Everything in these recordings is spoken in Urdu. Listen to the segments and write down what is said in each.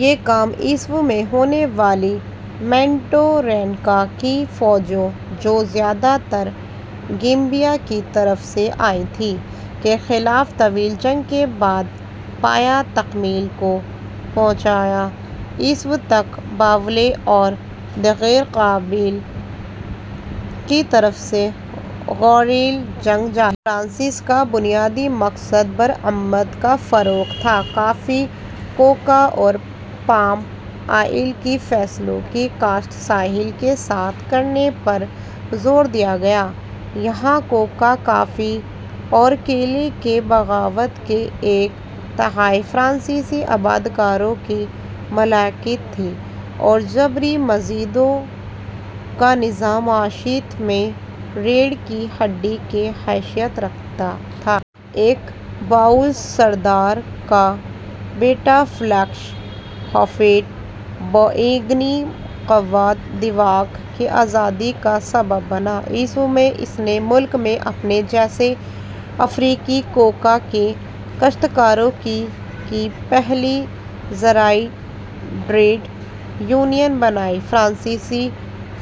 یہ کام ء میں ہونے والی مینڈرینکا کی فوجوں جو زیادہ تر گیمبیا کی طرف سے آئی تھیں، کے خلاف طویل جنگ کے بعد پایہ تکمیل کو پہنچا۔ ء تک باولے اور دیگر قبائل کی طرف سے گوریلا جنگ جاری رہی۔ فرانس کا بنیادی مقصد برآمدات کا فروغ تھا۔ کافی، کوکا اور پام آئل کی فصلوں کی کاشت ساحل کے ساتھ کرنے پر زور دیا گیا۔ یہاں کوکا، کافی اور کیلے کے باغات کی ایک تہائی فرانسیسی آبادکاروں کی ملکیت تھی اور جبری مزدوری کا نظام معیشت میں ریڑھ کی ہڈی کی حیثیت رکھتا تھا۔ ایک باؤل سردار کا بیٹافیلکس ہوفویٹ-بوئیگنی کوت دیواغ کی آزادی کا سبب بنا۔ ء میں اس نے ملک میں اپنے جیسے افریقی کوکا کے کاشتکاروں کی کی پہلی زرعی ٹریڈ یونین بنائی۔ فرانسیسی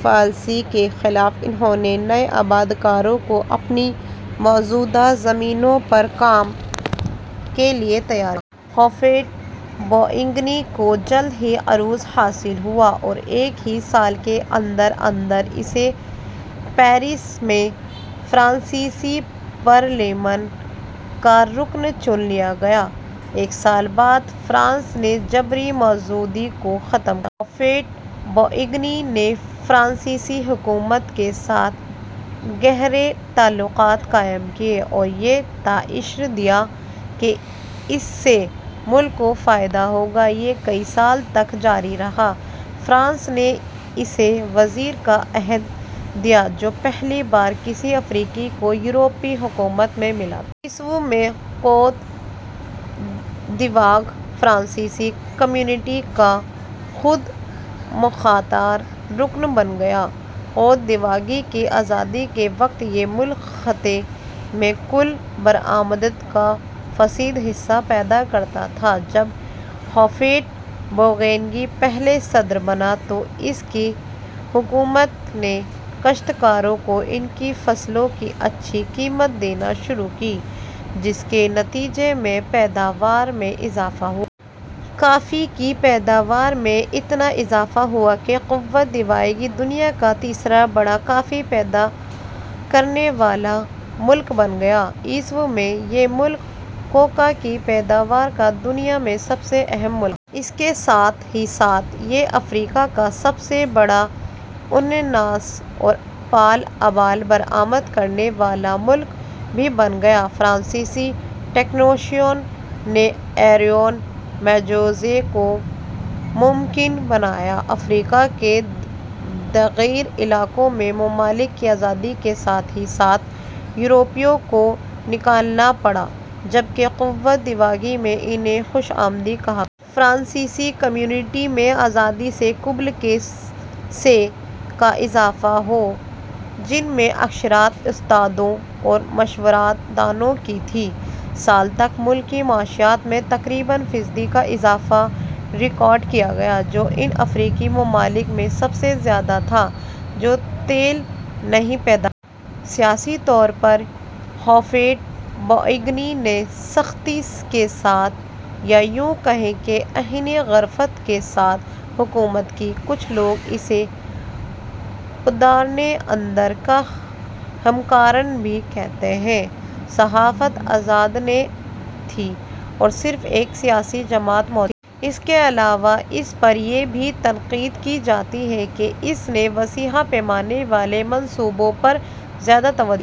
پالیسی کے خلاف انھوں نے نئے آبادکاروں کو اپنی مزروعہ زمینوں پر کام کے لیے تیار کیا۔ ہوفویٹ-بوئیگنی کو جلد ہی عروج حاصل ہوا اور ایک ہی سال کے اندر اندر اسے پیرس میں فرانسیسی پارلیمان کا رکن چن لیا گیا۔ ایک سال بعد فرانس نے جبری مزدوری کو ختم کر دیا۔ ہوفویٹ-بوئیگنی نے فرانسیسی حکومت کے ساتھ گہرے تعلقات قائم کیے اور یہ تائثر دیا کہ اس سے ملک کو فائدہ ہوگا۔ یہ کئی سال تک جاری رہا۔ فرانس نے اسے وزیر کا عہدہ دیا جو پہلی بار کسی افریقی کو یورپی حکومت میں ملا تھا۔ ء میں کوت دیواغ فرانسیسی کمیونٹی کا خود مختار رکن بن گیا۔ کوت دیواغ کی آزادی کے وقت یہ ملک خطے میں کل برآمدات کا فیصد حصہ پیدا کرتا تھا۔ جب ہوفویٹ-بوئیگنی پہلا صدر بنا تو اس کی حکومت نے کاشتکاروں کو ان کی فصلوں کی اچھی قیمت دینا شروع کی جس کے نتیجے میں پیداوار میں اضافہ ہوا۔ کافی کی پیداوار میں اتنا اضافہ ہوا کہ کوت دیواغ دنیا کا تیسرا بڑا کافی پیدا کرنے والا ملک بن گیا۔ ء میں یہ ملک کوکا کی پیدوار کا دنیا میں سب سے اہم ملک تھا۔ اس کے ساتھ ہی ساتھ یہ افریقہ کا سب سے بڑا انناناس اور پال آئل برآمد کرنے والا ملک بھی بن گیا۔ فرانسیسی ٹیکنیشنوں نے آئیورین معجزے کو ممکن بنایا۔ افریقہ کے دیگر علاقوں میں ممالک کی آزادی کے ساتھ ہی ساتھ یورپیوں کو نکلنا پڑا جبکہ کوت دیواغ میں انھیں خوش آمدید کہا گیا۔ فرانسیسی کمیونٹی میں آزادی سے قبل کے سے کا اضافہ ہوا جن میں اکثریت استادوں اور مشاورت دانوں کی تھی۔ سال تک ملکی معیشت میں تقریباً فیصد کا اضافہ ریکارڈ کیا گیا جو ان افریقی ممالک میں سب سے زیادہ تھا جو تیل نہیں پیدا کرتے۔ سیاسی طور پر ہوفویٹ-بوئیگنی نے سختی کے ساتھ یا یوں کہیں کہ آہنی گرفت کے ساتھ حکومت کی۔ کچھ لوگ اسے پدرانہ انداز کا حکمران بھی کہتے ہیں۔ صحافت آزاد نہ تھی اور صرف ایک سیاسی جماعت موجود تھی۔ اس کے علاوہ اس پر یہ بھی تنقید کی جاتی ہے کہ اس نے وسیع پیمانے والے منصوبوں پر زیادہ توجہ دی۔